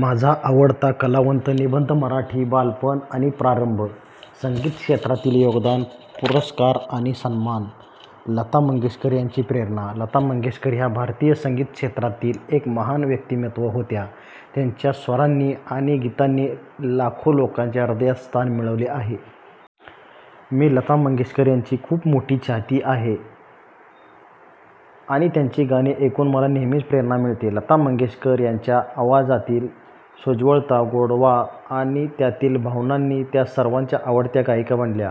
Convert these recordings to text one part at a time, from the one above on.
माझा आवडता कलावंत निबंध मराठी, बालपण आणि प्रारंभ, संगीत क्षेत्रातील योगदान, पुरस्कार आणि सन्मान, लता मंगेशकर यांची प्रेरणा. लता मंगेशकर ह्या भारतीय संगीत क्षेत्रातील एक महान व्यक्तिमत्त्व होत्या. त्यांच्या स्वरांनी आणि गीतांनी लाखो लोकांच्या हृदयात स्थान मिळवले आहे. मी लता मंगेशकर यांची खूप मोठी चाहती आहे आणि त्यांचे गाणे ऐकून मला नेहमीच प्रेरणा मिळते. लता मंगेशकर यांच्या आवाजातील सोज्वळता, गोडवा आणि त्यातल्या भावनांनी त्या सर्वांच्या आवडत्या गायिका बनल्या.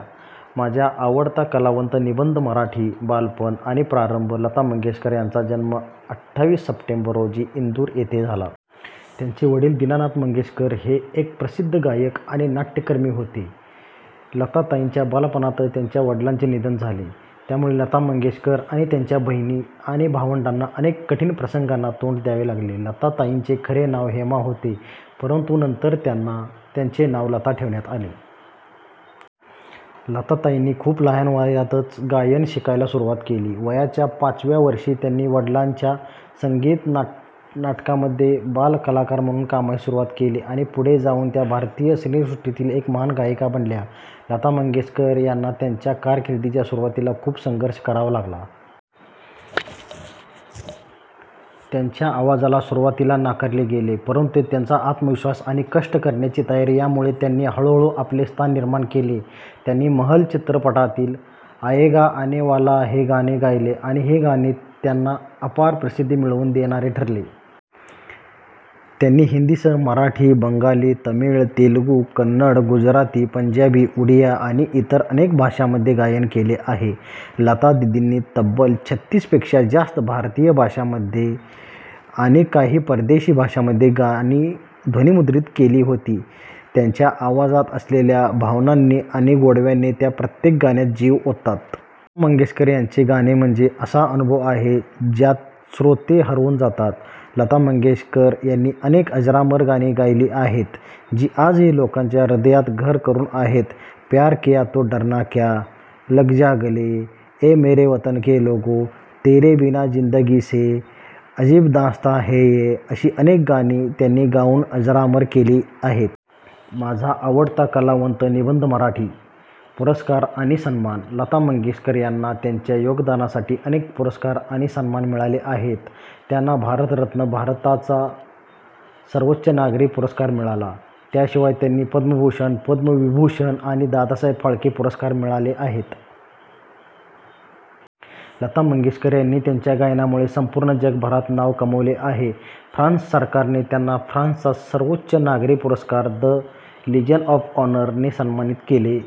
माझा आवडता कलावंत निबंध मराठी, बालपण आणि प्रारंभ, लता मंगेशकर यांचा जन्म अठ्ठावीस सप्टेंबर रोजी इंदूर येथे झाला. त्यांचे वडील दीनानाथ मंगेशकर हे एक प्रसिद्ध गायक आणि नाट्यकर्मी होते. लता ताईंच्या बालपणातच त्यांच्या वडिलांचे निधन झाले, त्यामुळे लता मंगेशकर आणि त्यांच्या बहिणी आणि भावंडांना अनेक कठीण प्रसंगांना तोंड द्यावे लागले. लता ताईंचे खरे नाव हेमा होते, परंतु नंतर त्यांचे नाव लता ठेवण्यात आले. लता ताईंनी खूप लहान वयातच गायन शिकायला सुरुवात केली. वयाच्या पाचव्या वर्षी त्यांनी वडिलांच्या संगीत नाटकांमध्ये बालकलाकार म्हणून कामाची सुरुवात केली आणि पुढे जाऊन त्या भारतीय सिनेसृष्टीतील एक महान गायिका बनल्या. लता मंगेशकर यांना त्यांच्या कारकिर्दीच्या सुरुवातीला खूप संघर्ष करावा लागला. त्यांच्या आवाजाला सुरुवातीला नाकारले गेले. परंतु, त्यांचा आत्मविश्वास आणि कष्ट करण्याची तयारी यामुळे त्यांनी हळूहळू आपले स्थान निर्माण केले. त्यांनी महल चित्रपटातील आयेगा आनेवाला हे गाणे गायले आणि हे गाणे त्यांना अपार प्रसिद्धी मिळवून देणारे ठरले. त्यांनी हिंदीसह मराठी, बंगाली, तमिळ, तेलुगू, कन्नड, गुजराती, पंजाबी, उडिया आणि इतर अनेक भाषांमध्ये गायन केले आहे. लतादीदींनी तब्बल छत्तीसपेक्षा जास्त भारतीय भाषांमध्ये आणि काही परदेशी भाषांमध्ये गाणी ध्वनिमुद्रित केली होती. त्यांच्या आवाजात असलेल्या भावनांनी आणि गोडव्याने त्या प्रत्येक गाण्यात जीव ओततात. लता मंगेशकर यांचे गाणे म्हणजे एक असा अनुभव आहे, ज्यात श्रोते हरवून जातात. लता मंगेशकर यांनी अनेक अजरामर गाणी गायली आहेत, जी आजही लोकांच्या हृदयात घर करून आहेत. प्यार किया तो डरना क्या, लग जा गले, ए मेरे वतन के लोगो, तेरे बिना जिंदगी से, अजीब दास्ताँ है ये अशी अनेक गाणी त्यांनी गाऊन अजरामर केली आहेत. माझा आवडता कलावंत निबंध मराठी, पुरस्कार आणि सन्मान, लता मंगेशकर यांना त्यांच्या योगदानासाठी अनेक पुरस्कार आणि सन्मान मिळाले आहेत. त्यांना भारतरत्न, भारताचा सर्वोच्च नागरी पुरस्कार, मिळाला. त्याशिवाय, त्यांना पद्मभूषण, पद्मविभूषण आणि दादासाहेब फाळके पुरस्कार मिळाले आहेत. लता मंगेशकर यांनी त्यांच्या गायनामुळे संपूर्ण जगभरात नाव कमावले आहे. फ्रान्स सरकारने त्यांना फ्रान्सचा सर्वोच्च नागरी पुरस्कार, द लीजन ऑफ ऑनर, ने सन्मानित केले.